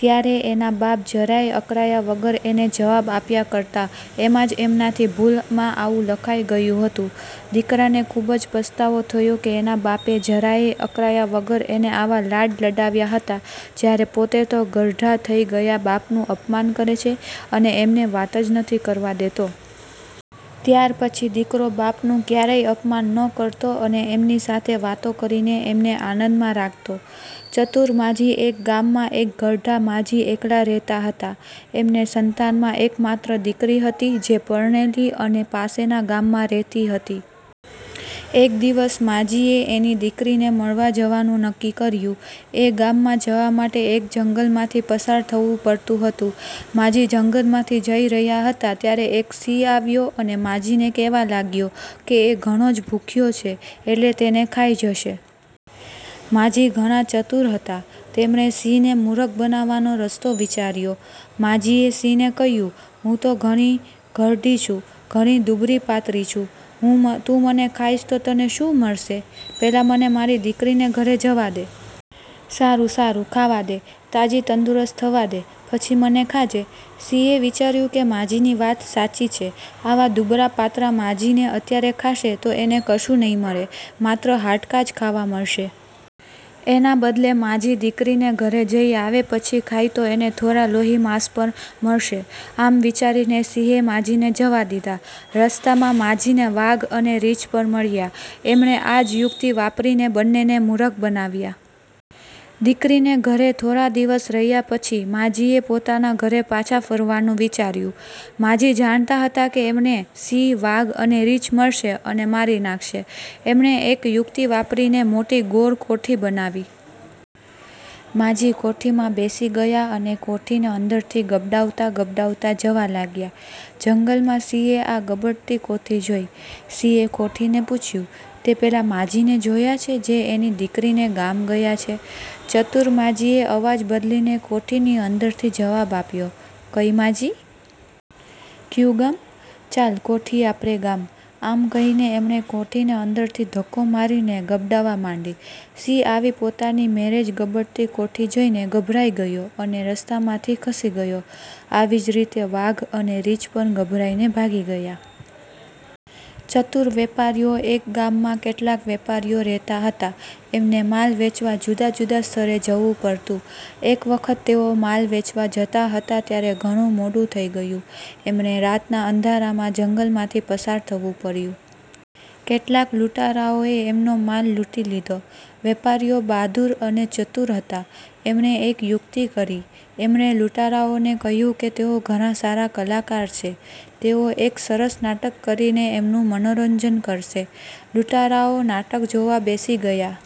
ત્યારે એના બાપ જરાયે અકળાયા વગર એને જવાબ આપ્યા કરતા એમાં જ એમનાથી ભૂલમાં આવું લખાઈ ગયું હતું. દીકરાને ખુબ જ પસ્તાવો થયો કે એના બાપે જરાયે અકળાયા વગર એને આવા લાડ લડાવ્યા હતા જયારે પોતે તો ઘરડા થઇ ગયેલા બાપનું અપમાન કરે છે અને એમને વાત જ નથી કરવા દેતો. ત્યાર પછી દીકરો બાપનું ક્યારેય અપમાન ન કરતો અને એમની સાથે વાતો કરીને એમને આનંદમાં રાખતો. ચતુર માજી એક ગામમાં એક ઘરડા માજી એકલાં રહેતાં હતાં. એમને સંતાનમાં એક માત્ર દીકરી હતી જે પરણેલી હતી અને પાસેના ગામમાં રહેતી હતી. એક દિવસ માજીએ એની દીકરીને મળવા જવાનું નક્કી કર્યું. એ ગામમાં જવા માટે એક જંગલમાંથી પસાર થવું પડતું હતું. માજી જંગલમાંથી જઈ રહ્યાં હતાં ત્યારે એક સિંહ આવ્યો અને માજી ને કહેવા લાગ્યો કે એ ઘણો જ ભૂખ્યો છે એટલે તેને ખાઈ જશે. માજી ઘણા ચતુર હતા. તેમણે સિંહને મૂરખ બનાવવાનો રસ્તો વિચાર્યો. માજીએ સિંહને કહ્યું: "હું તો ઘણી ઘરડી છું. ઘણી દૂબળી-પાતળી છું. તું મને ખાઇશ તો તને શું મળશે? પહેલાં મને મારી દીકરીને ઘરે જવાદે. સારું સારું ખાવા દે. તાજી તંદુરસ્ત થવા દે. પછી મને ખાજે". સિંહે વિચાર્યું કે માજીની વાત સાચી છે. આવા દૂબળા-પાતળા માજીને અત્યારે ખાશે તો એને કશું નહિ મળે. માત્ર હાડકાં જ ખાવા મળશે. એના બદલે માજી દીકરીને ઘરે જઈ આવે પછી ખાય તો એને થોડાં લોહી-માંસ પણ મળશે. આમ વિચારીને સિંહે માજીને જવા દીધા. રસ્તામાં માજીને વાઘ અને રીંછ પણ મળ્યા. એમણે આ જ યુક્તિ વાપરીને બંનેને મૂરખ બનાવ્યા. દીકરીને ઘરે થોડા દિવસ રહ્યા પછી માજીએ પોતાના ઘરે પાછા ફરવાનું વિચાર્યું. માજી જાણતાં હતાં કે એમને સિંહ, વાઘ અને રીંછ મળશે અને મારી નાખશે. એમણે એક યુક્તિ વાપરીને મોટી ગોળ કોઠી બનાવી. માજી કોઠીમાં બેસી ગયા અને કોઠીને અંદરથી ગબડાવતા ગબડાવતા જવા લાગ્યા. જંગલમાં સિંહે આ ગબડતી કોઠી જોઈ. સિંહે કોઠીને પુછ્યું: "તેં પેલા માજીને જોયા છે જે એની દીકરીને ગામ ગયા છે? ". ચતુર માજીએ અવાજ બદલીને કોઠીની અંદરથી જવાબ આપ્યો: "કઈ માજી? કયું ગામ? ચાલ કોઠી આપણે ગામ... ". આમ કહીને એમણે કોઠીને અંદરથી ધક્કો મારીને ગબડાવવા માંડી. સિંહ આવી પોતાની મેળે જ ગબડતી કોઠી જોઇને ગભરાઈ ગયો અને રસ્તામાંથી ખસી ગયો. આવી જ રીતે વાઘ અને રીંછ પણ ગભરાઈને ભાગી ગયા. ચતુર વેપારીઓ એક ગામમાં કેટલાક વેપારીઓ રહેતા હતા. એમને માલ વેંચવા જુદા જુદા સ્થળે જવું પડતું. એક વખત તેઓ માલ વેંચવા જતા હતા ત્યારે ઘણું મોડું થઇ ગયું. એમને રાતના અંધારામાં જંગલમાંથી પસાર થવું પડ્યું. કેટલાક લૂંટારાઓએ એમનો માલ લૂંટી લીધો. વેપારીઓ બહાદુર અને ચતુર હતા. એમણે એક યુક્તિ કરી. એમણે લૂંટારાઓને કહ્યુંકે તેઓ ઘણા સારા કલાકાર છે. તેઓ એક સરસ નાટક કરીને એમનું મનોરંજન કરશે. લૂંટારાઓ નાટક જોવા બેસી ગયા.